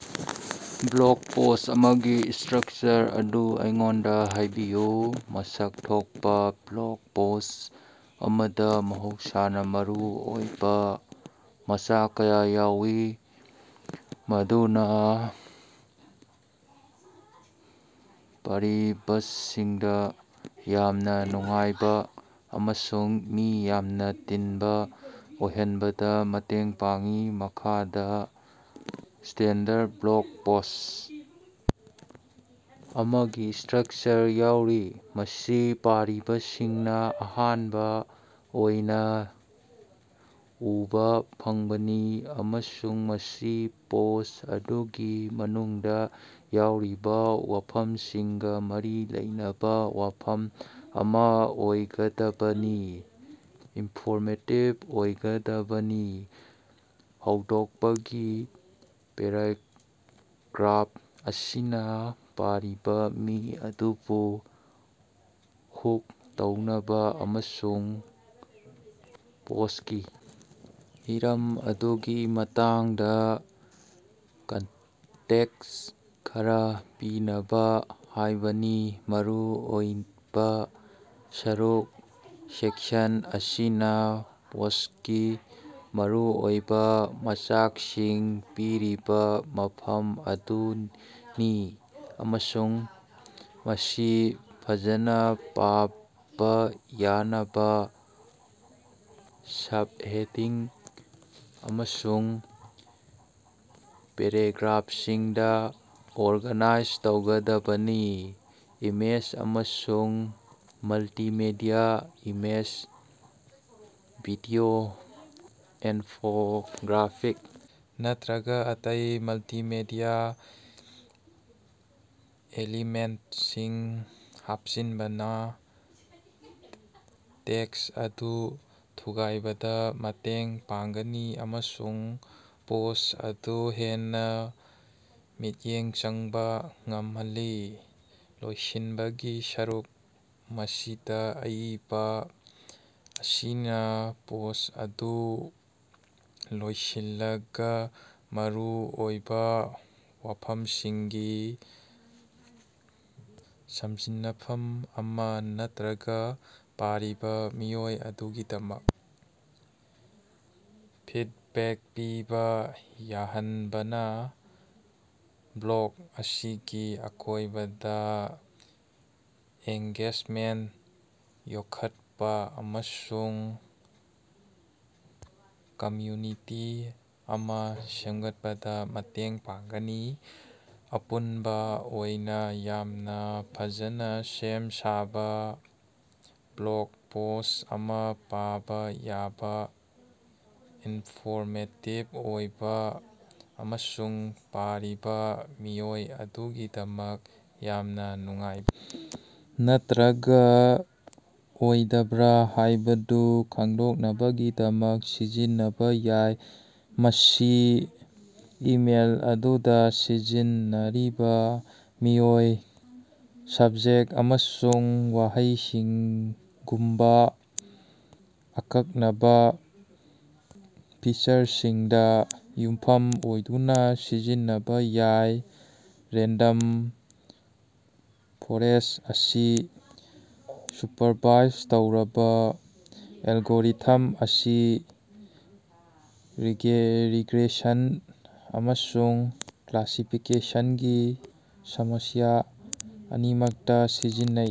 Block post ꯑꯃꯒꯤ structure ꯑꯗꯨ ꯑꯩꯉꯣꯟꯗꯥ ꯍꯥꯏꯕꯤꯌꯨ꯫ ꯃꯁꯛ ꯊꯣꯛꯄꯥ ꯕ꯭ꯂꯣꯛ ꯄꯣꯁ ꯑꯃꯗꯥ ꯃꯍꯧꯁꯥꯅꯥ ꯃꯔꯨ ꯑꯣꯏꯕꯥ ꯃꯆꯥꯛ ꯀꯌꯥ ꯌꯥꯎꯏ ꯃꯗꯨꯅꯥ ꯄꯥꯔꯤꯕꯁꯤꯡꯗꯥ ꯌꯥꯝꯅꯥ ꯅꯨꯡꯉꯥꯏꯕꯥ ꯑꯃꯁꯨꯡ ꯃꯤ ꯌꯥꯝꯅꯥ ꯇꯤꯟꯕꯥ ꯑꯣꯏꯍꯟꯕꯗꯥ ꯃꯇꯦꯡ ꯄꯥꯡꯏ꯫ ꯃꯈꯥꯗꯥ ꯁ꯭ꯇꯦꯟꯗꯔꯗ ꯕ꯭ꯂꯣꯛ ꯄꯣꯁ ꯑꯃꯒꯤ ꯏꯁꯇ꯭ꯔꯛꯆꯔ ꯌꯥꯎꯔꯤ꯫ ꯃꯁꯤ ꯄꯥꯔꯤꯕꯁꯤꯡꯅꯥ ꯑꯍꯥꯟꯕꯥ ꯑꯣꯏꯅꯥ ꯎꯕꯥ ꯐꯪꯕꯅꯤ ꯑꯃꯁꯨꯡ ꯃꯁꯤ ꯄꯣꯁ ꯑꯗꯨꯒꯤ ꯃꯅꯨꯡꯗꯥ ꯌꯥꯎꯔꯤꯕꯥ ꯋꯥꯐꯝꯁꯤꯡꯒꯥ ꯃꯔꯤ ꯂꯩꯅꯕꯥ ꯋꯥꯐꯝ ꯑꯃꯥ ꯑꯣꯏꯒꯗꯕꯅꯤ, ꯏꯟꯐꯣꯔꯃꯦꯇꯤꯞ ꯑꯣꯏꯒꯗꯕꯅꯤ꯫ ꯍꯧꯗꯣꯛꯄꯒꯤ ꯄꯦꯔꯥꯒ꯭ꯔꯥꯐ ꯑꯁꯤꯅꯥ ꯄꯥꯔꯤꯕꯥ ꯃꯤ ꯑꯗꯨꯕꯨ ꯍꯨꯛ ꯇꯧꯅꯕꯥ ꯑꯃꯁꯨꯡ ꯄꯣꯁꯀꯤ ꯍꯤꯔꯝ ꯑꯗꯨꯒꯤ ꯃꯇꯥꯡꯗꯥ ꯀꯟꯇꯦꯛꯁ ꯈꯔꯥ ꯄꯤꯅꯕꯥ ꯍꯥꯏꯕꯅꯤ꯫ ꯃꯔꯨ ꯑꯣꯏꯕꯥ ꯁꯔꯨꯛ ,ꯁꯦꯛꯁꯟ ꯑꯁꯤꯅꯥ ꯄꯣꯁꯀꯤ ꯃꯔꯨꯑꯣꯏꯕꯥ ꯃꯆꯥꯛꯁꯤꯡ ꯄꯤꯔꯤꯕꯥ ꯃꯐꯝ ꯑꯗꯨꯅꯤ ꯑꯃꯁꯨꯡ ꯃꯁꯤ ꯐꯖꯅꯥ ꯄꯥꯕꯥ ꯌꯥꯅꯕꯥ ꯁꯞꯍꯦꯗꯤꯡ ꯑꯃꯁꯨꯡ ꯄꯦꯔꯥꯒ꯭ꯔꯥꯐꯁꯤꯡꯗꯥ ꯑꯣꯔꯒꯥꯅꯥꯏꯖ ꯇꯧꯒꯗꯕꯅꯤ꯫ ꯏꯃꯦꯖ ꯑꯃꯁꯨꯡ ꯃꯜꯇꯤꯃꯦꯗꯤꯌꯥ: ꯏꯃꯦꯖ, ꯚꯤꯗꯤꯑꯣ, ꯏꯟꯐꯣꯒ꯭ꯔꯥꯐꯤꯛ ꯅꯠꯇ꯭ꯔꯒ ꯑꯇꯩ ꯃꯜꯇꯤꯃꯦꯗꯤꯌꯥ ꯑꯦꯂꯤꯃꯦꯟꯇꯁꯤꯡ ꯍꯥꯞꯆꯤꯟꯕꯅꯥ ꯇꯦꯛꯁ ꯑꯗꯨ ꯊꯨꯒꯥꯏꯕꯗꯥ ꯃꯇꯦꯡ ꯄꯥꯡꯒꯅꯤ ꯑꯃꯁꯨꯡ ꯄꯣꯁ ꯑꯗꯨ ꯍꯦꯟꯅꯥ ꯃꯤꯠꯌꯦꯡ ꯆꯪꯕꯥ ꯉꯝꯍꯜꯂꯤ꯫ ꯂꯣꯏꯁꯤꯟꯕꯒꯤ ꯁꯔꯨꯛ, ꯃꯁꯤꯗꯥ ꯑꯏꯕꯥ ꯑꯁꯤꯅꯥ ꯄꯣꯁ ꯑꯗꯨ ꯂꯣꯏꯁꯤꯜꯂꯒꯥ ꯃꯔꯨ ꯑꯣꯏꯕꯥ ꯋꯥꯐꯝꯁꯤꯡꯒꯤ ꯁꯝꯖꯤꯟꯅꯐꯝ ꯑꯃꯥ ꯅꯠꯇ꯭ꯔꯒꯥ ꯄꯥꯔꯤꯕꯥ ꯃꯤꯑꯣꯏ ꯑꯗꯨꯒꯤꯗꯃꯛ ꯐꯤꯠꯕꯦꯛ ꯄꯤꯕꯥ ꯌꯥꯍꯟꯕꯅꯥ ꯕ꯭ꯂꯣꯛ ꯑꯁꯤꯒꯤ ꯑꯀꯣꯏꯕꯗꯥ ꯑꯦꯡꯒꯦꯖꯃꯦꯟꯇ ꯌꯣꯛꯈꯠꯄꯥ ꯑꯃꯁꯨꯡ ꯀꯝꯃ꯭ꯌꯨꯅꯤꯇꯤ ꯑꯃꯥ ꯁꯦꯝꯒꯠꯄꯗꯥ ꯃꯇꯦꯡ ꯄꯥꯡꯒꯅꯤ꯫ ꯑꯄꯨꯟꯕꯥ ꯑꯣꯏꯅꯥ, ꯌꯥꯝꯅꯥ ꯐꯖꯅꯥ ꯁꯦꯝ ꯁꯥꯕꯥ ꯕ꯭ꯂꯣꯛ ꯄꯣꯁ ꯑꯃꯥ ꯄꯥꯕꯥ ꯌꯥꯕꯥ, ꯏꯟꯐꯣꯔꯃꯦꯇꯤꯕ ꯑꯣꯏꯕꯥ ꯑꯃꯁꯨꯡ ꯄꯥꯔꯤꯕꯥ ꯃꯤꯑꯣꯏ ꯑꯗꯨꯒꯤꯗꯃꯛ ꯌꯥꯝꯅꯥ ꯅꯨꯡꯉꯥꯏ ꯅꯠꯇ꯭ꯔꯒꯥ ꯑꯣꯏꯗꯕ꯭ꯔꯥ ꯍꯥꯏꯕꯗꯨ ꯈꯪꯗꯣꯛꯅꯕꯒꯤꯗꯃꯛ ꯁꯤꯖꯤꯟꯅꯕꯥ ꯌꯥꯏ, ꯃꯁꯤ ꯏꯃꯦꯜ ꯑꯗꯨꯗꯥ ꯁꯤꯖꯤꯟꯅꯔꯤꯕꯥ ꯃꯤꯑꯣꯏ, ꯁꯕꯖꯦꯛꯇ ꯑꯃꯁꯨꯡ ꯋꯥꯍꯩꯁꯤꯡꯒꯨꯝꯕꯥ ꯑꯀꯛꯅꯕꯥ ꯐꯤꯆꯔꯁꯤꯡꯗꯥ ꯌꯨꯝꯐꯝ ꯑꯣꯏꯗꯨꯅꯥ ꯁꯤꯖꯤꯟꯅꯕꯥ ꯌꯥꯏ꯫ ꯔꯦꯟꯗꯝ ꯐꯣꯔꯦꯁ ꯑꯁꯤ ꯁꯨꯄꯔꯚꯥꯏꯖ ꯇꯧꯔꯕꯥ ꯑꯦꯜꯒꯣꯔꯤꯊꯝ ꯑꯁꯤ ꯔꯤꯒꯦ ꯔꯤꯒ꯭ꯔꯦꯁꯟ ꯑꯃꯁꯨꯡ ꯀ꯭ꯂꯥꯁꯤꯐꯤꯀꯦꯁꯟꯒꯤ ꯁꯃꯁ꯭ꯌꯥ ꯑꯅꯤꯃꯛꯇꯥ ꯁꯤꯖꯤꯟꯅꯩ꯫